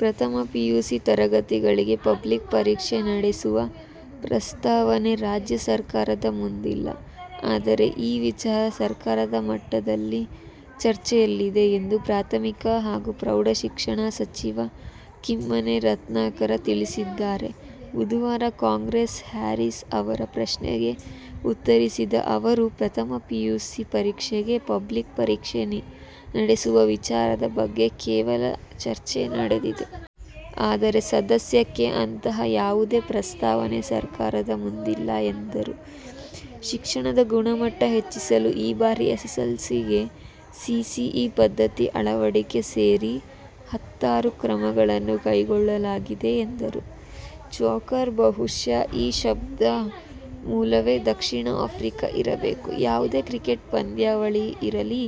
ಪ್ರಥಮ ಪಿಯುಸಿ ತರಗತಿಗಳಿಗೆ ಪಬ್ಲಿಕ್ ಪರೀಕ್ಷೆ ನಡೆಸುವ ಪ್ರಸ್ತಾವನೆ ರಾಜ್ಯ ಸರ್ಕಾರದ ಮುಂದಿಲ್ಲ. ಆದರೆ, ಈ ವಿಚಾರ ಸರ್ಕಾರದ ಮಟ್ಟದಲ್ಲಿ ಚರ್ಚೆಯಲ್ಲಿದೆ ಎಂದು ಪ್ರಾಥಮಿಕ ಹಾಗೂ ಪ್ರೌಢ ಶಿಕ್ಷಣ ಸಚಿವ ಕಿಮ್ಮನೆ ರತ್ನಾಕರ ತಿಳಿಸಿದ್ದಾರೆ. ಬುಧವಾರ ಕಾಂಗ್ರೆಸ್ನ ಹ್ಯಾರೀಸ್ ಅವರ ಪ್ರಶ್ನೆಗೆ ಉತ್ತರಿಸಿದ ಅವರು, ಪ್ರಥಮ ಪಿಯುಸಿ ಪರೀಕ್ಷೆಗೆ ಪಬ್ಲಿಕ್ ಪರೀಕ್ಷೆ ನಡೆಸುವ ವಿಚಾರದ ಬಗ್ಗೆ ಕೇವಲ ಚರ್ಚೆ ನಡೆದಿದೆ. ಆದರೆ, ಸದ್ಯಕ್ಕೆ ಅಂತಹ ಯಾವುದೇ ಪ್ರಸ್ತಾವನೆ ಸರ್ಕಾರದ ಮುಂದಿಲ್ಲ ಎಂದರು. ಶಿಕ್ಷಣದ ಗುಣಮಟ್ಟ ಹೆಚ್ಚಿಸಲು ಈ ಬಾರಿ ಎಸ್ಎಸ್ಎಲ್ಸಿಗೆ ಸಿಸಿಇ ಪದ್ಧತಿ ಅಳವಡಿಕೆ ಸೇರಿ ಹತ್ತಾರು ಕ್ರಮಗಳನ್ನು ಕೈಗೊಳ್ಳಲಾಗಿದೆ ಎಂದರು. "ಚೋಕರ್'-ಬಹುಶಃ ಈ ಶಬ್ದದ ಮೂಲವೇ ದಕ್ಷಿಣ ಆಫ್ರಿಕಾ ಇರಬೇಕು! ಯಾವುದೇ ಕ್ರಿಕೆಟ್ ಪಂದ್ಯಾವಳಿ ಇರಲಿ,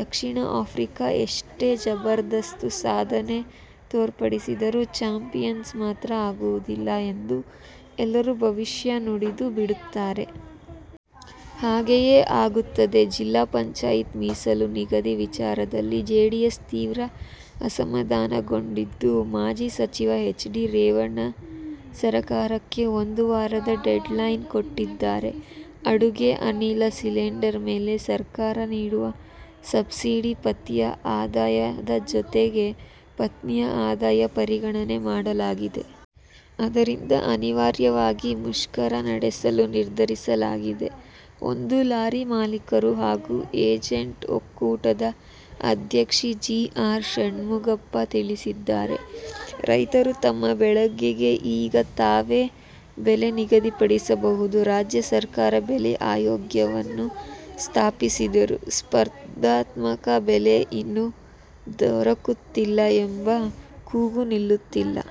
ದಕ್ಷಿಣ ಆಫ್ರಿಕಾ ಎಷ್ಟೇ ಜಬರ್ದಸ್ತ್ ಸಾಧನೆ ತೋರ್ಪಡಿಸಿದರೂ ಚಾಂಪಿಯನ್ ಮಾತ್ರ ಆಗುವುದಿಲ್ಲ ಎಂದು ಎಲ್ಲರೂ ಭವಿಷ್ಯ ನುಡಿದು ಬಿಡುತ್ತಾರೆ. ಹಾಗೆಯೇ ಆಗುತ್ತದೆ! ಜಿಲ್ಲಾ ಪಂಚಾಯತ್ ಮೀಸಲು ನಿಗದಿ ವಿಚಾರದಲ್ಲಿ ಜೆಡಿಎಸ್ ತೀವ್ರ ಅಸಮಾಧಾನಗೊಂಡಿದ್ದು, ಮಾಜಿ ಸಚಿವ ಎಚ್. ಡಿ. ರೇವಣ್ಣ ಸರಕಾರಕ್ಕೆ ಒಂದು ವಾರದ "ಡೆಡ್ಲೈನ್' ಕೊಟ್ಟಿದ್ದಾರೆ. ಅಡುಗೆ ಅನಿಲ ಸಿಲಿಂಡರ್ ಮೇಲೆ ಸರ್ಕಾರ ನೀಡುವ ಸಬ್ಸಿಡಿಗೆ ಪತಿಯ ಆದಾಯದ ಜತೆ ಪತ್ನಿಯ ಆದಾಯವನ್ನು ಪರಿಗಣನೆ ಮಾಡಲಿದೆ. ಆದ್ದರಿಂದ ಅನಿವಾರ್ಯವಾಗಿ ಮುಷ್ಕರ ನಡೆಸಲು ನಿರ್ಧರಿಸಲಾಗಿದೆ ಎಂದು ಲಾರಿ ಮಾಲೀಕರು ಹಾಗೂ ಏಜೆಂಟರ ಒಕ್ಕೂಟದ ಅಧ್ಯಕ್ಷ ಜಿ. ಆರ್. ಷಣ್ಮುಗಪ್ಪ ತಿಳಿಸಿದ್ದಾರೆ. ರೈತರು ತಮ್ಮ ಬೆಳೆಗಳಿಗೆ ಈಗ ತಾವೇ ಬೆಲೆ ನಿಗದಿಪಡಿಸಬಹುದು! ರಾಜ್ಯ ಸರ್ಕಾರ ಬೆಲೆ ಆಯೋಗವನ್ನೇ ಸ್ಥಾಪಿಸಿದ್ದರೂ ಸ್ಪರ್ಧಾತ್ಮಕ ಬೆಲೆ ಇನ್ನೂ ದೊರಕುತ್ತಿಲ್ಲ ಎಂಬ ಕೂಗು ನಿಲ್ಲುತ್ತಿಲ್ಲ.